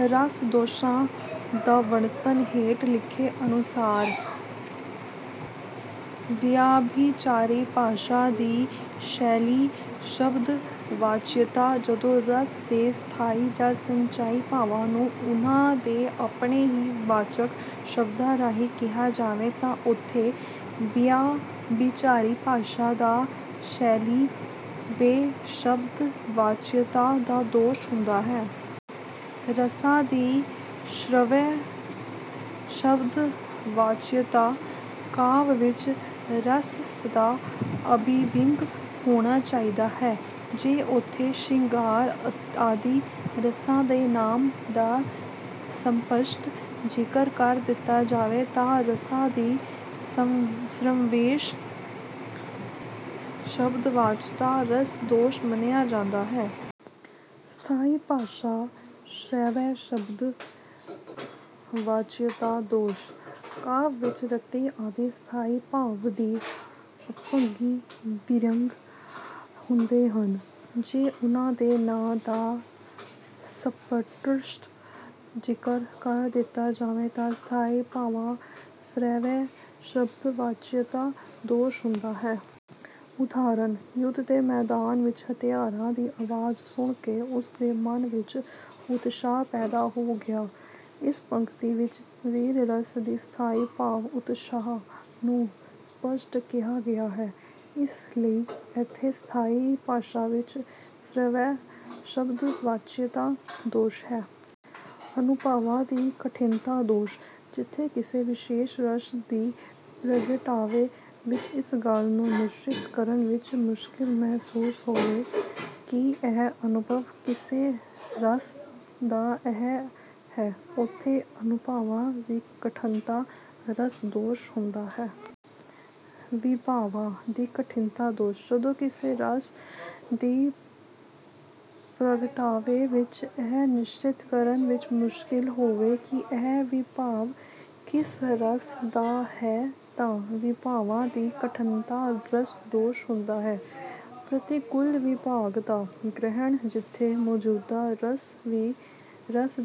ਰਸ ਦੋਸ਼ਾਂ ਦਾ ਵਰਣਨ ਹੇਠ ਲਿਖੇ ਅਨੁਸਾਰ ਹੈ: ਵਿਆਭਿਚਾਰੀ ਭਾਵਾਂ ਦੀ ਸ਼੍ਰਵੈਸ਼ਬਦਵਾਚਯਤਾ-ਜਦੋਂ ਰਸ ਦੇ ਸਥਾਈ ਜਾਂ ਸੰਚਾਰੀ ਭਾਵਾਂ ਨੂੰ ਉਨ੍ਹਾਂ ਦੇ ਆਪਣੇ ਹੀ ਵਾਚਕ ਸ਼ਬਦਾਂ ਰਾਹੀਂ ਕਿਹਾ ਜਾਵੇ ਤਾਂ ਉੱਥੇ 'ਵਿਆਭਿਚਾਰੀ ਭਾਵਾਂ ਦੀ ਸ਼੍ਰਵੈਸ਼ਬਦਵਾਚਯਤਾ ਦਾ ਦੋਸ਼ ਹੁੰਦਾ ਹੈ। ਰਸਾਂ ਦੀ ਸ਼੍ਰਵੈਸ਼ਬਦਵਾਚਯਤਾ- ਕਾਵਿ ਵਿੱਚ ਰਸ ਸਦਾ ਅਭਿਵਿਅੰਗ ਹੋਣਾ ਚਾਹੀਦਾ ਹੈ। ਜੇ ਉੱਥੇ 'ਸ਼ਿੰਗਾਰ' ਆਦਿ ਰਸਾਂ ਦੇ ਨਾਮ ਦਾ ਸਪੱਸ਼ਟ ਜ਼ਿਕਰ ਕਰ ਦਿੱਤਾ ਜਾਵੇ ਤਾਂ 'ਰਸਾ ਦੀ ਸ਼੍ਰਵੈਸ਼ਬਦਵਾਚਯਤਾ' ਰਸ ਦੋਸ਼ ਮੰਨਿਆ ਜਾਂਦਾ ਹੈ। ਸਥਾਈ ਭਾਵਾਂ ਦੀ ਸ਼੍ਰਵੈਸ਼ਬਦਵਾਚਯਤਾ ਦੋਸ਼- ਕਾਵਿ ਵਿੱਚ 'ਰਤੀ' ਆਦਿ ਸਥਾਈ ਭਾਵ ਵੀ ਅਭਿਵਿਅੰਗ ਹੁੰਦੇ ਹਨ। ਜੇ ਉਨ੍ਹਾਂ ਦੇ ਨਾਮ ਦਾ ਸਪੱਸ਼ਟ ਜ਼ਿਕਰ ਕਰ ਦਿੱਤਾ ਜਾਵੇ ਤਾਂ 'ਸਥਾਈ ਭਾਵਾਂ ਦੀ ਸ਼੍ਰਵੈਸ਼ਬਦਵਾਚਯਤਾ' ਦੋਸ਼ ਹੁੰਦਾ ਹੈ। ਉਦਾਹਰਨ- ਯੁੱਧ ਦੇ ਮੈਦਾਨ ਵਿੱਚ ਹਥਿਆਰਾਂ ਦੀ ਆਵਾਜ਼ ਸੁਣ ਕੇ ਉਸ ਦੇ ਮਨ ਵਿੱਚ ਉਤਸ਼ਾਹ ਪੈਦਾ ਹੋ ਗਿਆ। ਇਸ ਪੰਕਤੀ ਵਿੱਚ ਵੀਰ ਰਸ ਦੇ ਸਥਾਈ ਭਾਵ 'ਉਤਸ਼ਾਹ' ਨੂੰ ਸਪੱਸ਼ਟ ਕਿਹਾ ਗਿਆ ਹੈ, ਇਸ ਲਈ ਇੱਥੇ 'ਸਥਾਈ ਭਾਵਾਂ ਦੀ ਸ਼੍ਰਵੈਸ਼ਬਦਵਾਚਯਤਾ' ਦੋਸ਼ ਹੈ। ਅਨੁਭਾਵਾਂ ਦੀ ਕਠਿਨਤਾ ਦੋਸ਼- ਜਿੱਥੇ ਕਿਸੇ ਵਿਸ਼ੇਸ਼ ਰਸ ਦੀ ਪ੍ਰਗਟਾਵੇ ਵਿੱਚ ਇਸ ਗੱਲ ਨੂੰ ਨਿਸ਼ਚਿਤ ਕਰਨ ਵਿੱਚ ਮੁਸ਼ਕਲ ਮਹਿਸੂਸ ਹੋਵੇ ਕਿ ਇਹ ਅਨੁਭਾਵ ਕਿਸ ਰਸ ਦਾ ਹੈ, ਉੱਥੇ 'ਅਨੁਭਾਵਾਂ ਦੀ ਕਠਿਨਤਾ' ਰਸ ਦੋਸ਼ ਹੁੰਦਾ ਹੈ। ਵਿਭਾਵਾਂ ਦੀ ਕਠਿਨਤਾ ਦੋਸ਼- ਜਦੋਂ ਕਿਸੇ ਰਸ ਦੀ ਪ੍ਰਗਟਾਵੇ ਵਿੱਚ ਇਹ ਨਿਸ਼ਚਿਤ ਕਰਨ ਵਿੱਚ ਮੁਸ਼ਕਲ ਹੋਵੇ ਕਿ ਇਹ ਵਿਭਾਵ ਕਿਸ ਰਸ ਦਾ ਹੈ ਤਾਂ 'ਵਿਭਾਵਾਂ ਦੀ ਕਠਿਨਤਾ' ਰਸ ਦੋਸ਼ ਹੁੰਦਾ ਹੈ। ਪ੍ਰਤੀਕੂਲ ਵਿਭਾਵ ਦਾ ਗ੍ਰਹਿਣ- ਜਿੱਥੇ ਮੌਜੂਦਾ ਰਸ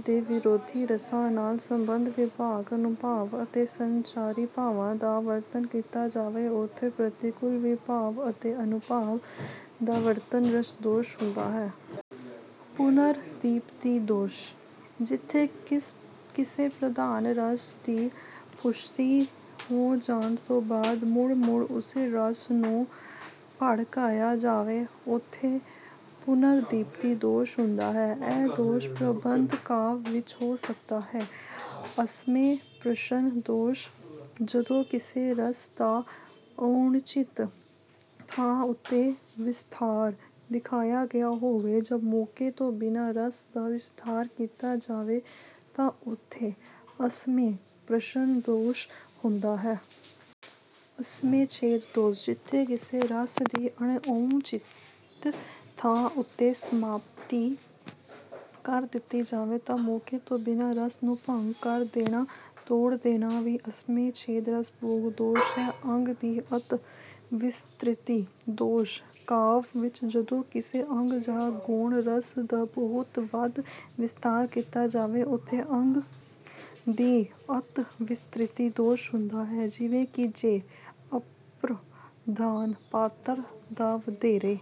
ਦੇ ਵਿਰੋਧੀ ਰਸਾਂ ਨਾਲ ਸਬੰਧਤ ਵਿਭਾਵ, ਅਨੁਭਾਵ ਅਤੇ ਸੰਚਾਰੀ ਭਾਵਾਂ ਦਾ ਵਰਣਨ ਕੀਤਾ ਜਾਵੇ, ਉੱਥੇ 'ਪ੍ਰਤੀਕੂਲ ਵਿਭਾਵ ਅਤੇ ਅਨੁਭਾਵ ਦਾ ਵਰਣਨ' ਰਸ ਦੋਸ਼ ਹੁੰਦਾ ਹੈ। ਪੁਨਰਦੀਪਤੀ ਦੋਸ਼- ਜਿੱਥੇ ਕਿਸੇ ਪ੍ਰਧਾਨ ਰਸ ਦੀ ਪੁਸ਼ਟੀ ਹੋ ਜਾਣ ਤੋਂ ਬਾਅਦ ਮੁੜ-ਮੁੜ ਉਸੇ ਰਸ ਨੂੰ ਭੜਕਾਇਆ ਜਾਵੇ, ਉੱਥੇ 'ਪੁਨਰਦੀਪਤੀ' ਦੋਸ਼ ਹੁੰਦਾ ਹੈ। ਇਹ ਦੋਸ਼ ਪ੍ਰਬੰਧ ਕਾਵਿ ਵਿੱਚ ਹੋ ਸਕਦਾ ਹੈ। ਅਸਮੇਂ ਪ੍ਰਸ਼ਨ ਦੋਸ਼- ਜਦੋਂ ਕਿਸੇ ਰਸ ਦਾ ਅਣਉਚਿਤ ਥਾਂ ਉੱਤੇ ਵਿਸਥਾਰ ਦਿਖਾਇਆ ਗਿਆ ਹੋਵੇ ਜਾਂ ਮੌਕੇ ਤੋਂ ਬਿਨਾਂ ਰਸ ਦਾ ਵਿਸਥਾਰ ਕੀਤਾ ਜਾਵੇ ਤਾਂ ਉੱਥੇ 'ਅਸਮੇਂ ਪ੍ਰਸ਼ਨ' ਦੋਸ਼ ਹੁੰਦਾ ਹੈ। ਅਸਮੇਂ ਛੇਦ ਦੋਸ਼- ਜਿੱਥੇ ਕਿਸੇ ਰਸ ਦੀ ਅਣਉਚਿਤ ਥਾਂ ਉੱਤੇ ਸਮਾਪਤੀ ਕਰ ਦਿੱਤੀ ਜਾਵੇ ਜਾਂ ਮੌਕੇ ਤੋਂ ਬਿਨਾਂ ਰਸ ਨੂੰ ਭੰਗ ਕਰ ਦੇਣਾ, ਤੋੜ ਦੇਣਾ ਵੀ 'ਅਸਮੇਂ ਛੇਦ' ਰਸ ਦੋਸ਼ ਹੈ। ਅੰਗ ਦੀ ਅਤਿ ਵਿਸਤ੍ਰਿਤੀ ਦੋਸ਼- ਕਾਵਿ ਵਿੱਚ ਜਦੋਂ ਕਿਸੇ ਅੰਗ ਜਾਂ ਗੌਣ ਰਸ ਦਾ ਬਹੁਤ ਵੱਧ ਵਿਸਥਾਰ ਕੀਤਾ ਜਾਵੇ, ਉੱਥੇ 'ਅੰਗ ਦੀ ਅਤਿ ਵਿਸਤ੍ਰਿਤੀ' ਦੋਸ਼ ਹੁੰਦਾ ਹੈ। ਜਿਵੇਂ ਕਿ ਜੇ ਅਪ੍ਰਧਾਨ ਪਾਤਰ ਦਾ ਵਧੇਰੇ